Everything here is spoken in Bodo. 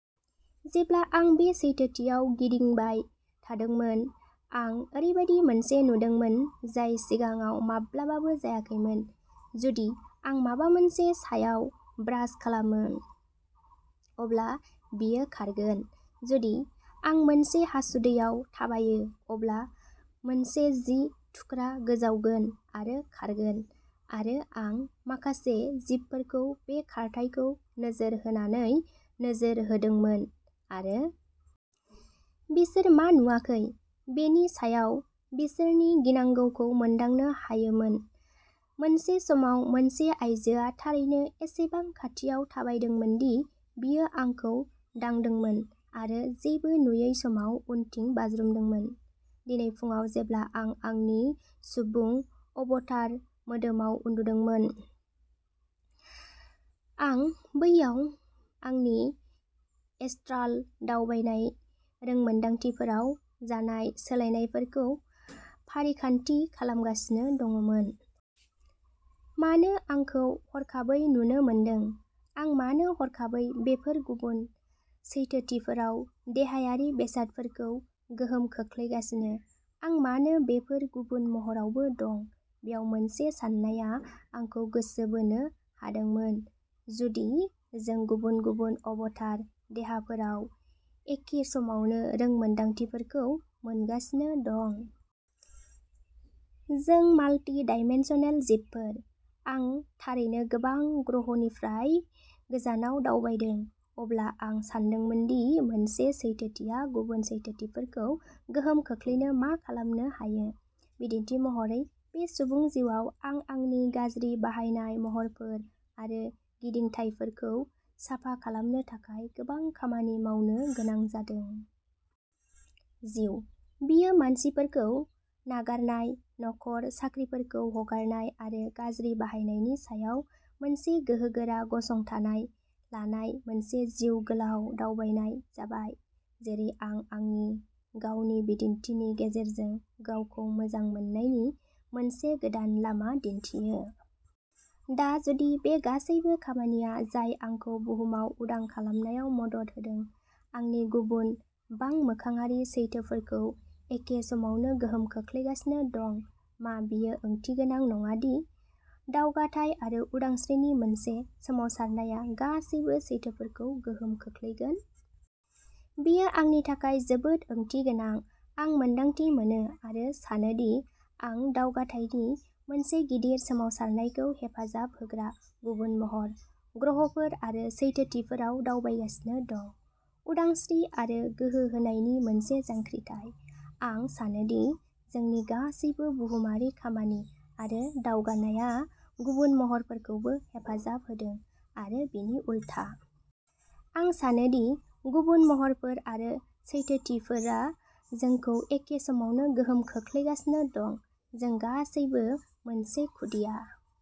जेब्ला आं बे सैथोथियाव गिदिंबाय थादोंमोन, आं ओरैबायदि मोनसे नुदोंमोन जाय सिगाङाव माब्लाबाबो जायाखैमोन। जुदि आं माबा मोनसे सायाव ब्रास खालामो, अब्ला बेयो खारगोन। जुदि आं मोनसे हासुदैआव थाबायो, अब्ला मोनसे जि थुख्रा गोजावगोन आरो खारगोन, आरो आं माखासे जिबफोरखौ बे खारथायखौ नोजोर होनानै नोजोर होदोंमोन आरो। बिसोर मा नुवाखै बेनि सायाव बिसोरनि गिनांगौखौ मोनदांनो हायोमोन। मोनसे समाव सासे आइजोआ थारैनो एसेबां खाथियाव थाबायदोंमोन दि बियो आंखौ दांदोंमोन आरो जेबो नुयै समाव उनथिं बाज्रुमदोंमोन। दिनै फुंआव जेब्ला आं आंनि सुबुं अबतार मोदोमाव उन्दुदोंमोन, आं बैयाव आंनि एस्ट्राल दावबायनाय रोंमोनदांथिफोराव जानाय सोलायनायफोरखौ फारिखान्थि खालामगासिनो दंमोन। मानो आंखौ हरखाबै नुनो मोनदों? आं मानो हरखाबै बेफोर गुबुन सैथोथिफोराव देहायारि बेसादफोरखौ गोहोम खोख्लैगासिनो? आं मानो बेफोर गुबुन महरफोरावबो दं? बेयाव मोनसे साननाया आंखौ गोसो बोनो हादोंमोन। जुदि जों गुबुन-गुबुन अबतार देहाफोराव एखे समावनो रोंमोनदांथिफोरखौ मोनगासिनो दं? जों माल्टिडाइमेनशनेल जिबफोर, आं थारैनो गोबां ग्रहनिफ्राय गोजानाव दावबायदों। अब्ला आं सानदोंमोन दि मोनसे सैथोथिया गुबुन सैथोथिफोरखौ गोहोम खोख्लैनो मा खालामनो हायो। बिदिन्थि महरै, बे सुबुं जिउआव आं आंनि गाज्रि बाहायनाय महरफोर आरो गिदिंथायफोरखौ साफा खालामनो थाखाय गोबां खामानि मावनो गोनां जादों। जिउ। बेयो मानसिफोरखौ नागारनाय, नखर, साख्रिफोरखौ हगारनाय आरो गाज्रि बाहायनायनि सायाव मोनसे गोहोगोरा गसंथानाय लानाय मोनसे जिउ गोलाव दावबायनाय जाबाय, जेरै आं आंनि गावनि बिदिन्थिनि गेजेरजों गावखौ मोजां मोननायनि मोनसे गोदान लामा दिन्थियो। दा, जुदि बे गासैबो खामानिया जाय आंखौ बुहुमाव उदां खालामनायाव मदद होदों, आंनि गुबुन बांमोखाङारि सैथोफोरखौ एखे समावनो गोहोम खोख्लैगासिनो दं? मा बेयो ओंथिगोनां नङा दि दावगाथाय आरो उदांस्रिनि मोनसे सोमावसारनाया गासैबो सैथोफोरखौ गोहोम खोख्लैगोन? बेयो आंनि थाखाय जोबोद ओंथिगोनां। आं मोन्दांथि मोनो आरो सानोदि आं दावगाथायनि मोनसे गिदिर सोमावसारनायखौ हेफाजाब होग्रा गुबुन महरफोर, ग्रहफोर आरो सैथोथिफोराव दावबायगासिनो दं। उदांस्रि आरो गोहो होनायनि मोनसे जांख्रिथाय। आं सानोदि जोंनि गासैबो बुहुमारि खामानि आरो दावगानायआ गुबुन महरफोरखौबो हेफाजाब होदों आरो बिनि उलथा। आं सानो दि गुबुन महरफोर आरो सैथोथिफोरा जोंखौ एखे समावनो गोहोम खोख्लैगासिनो दं, जों गासैबो मोनसे खुदिया!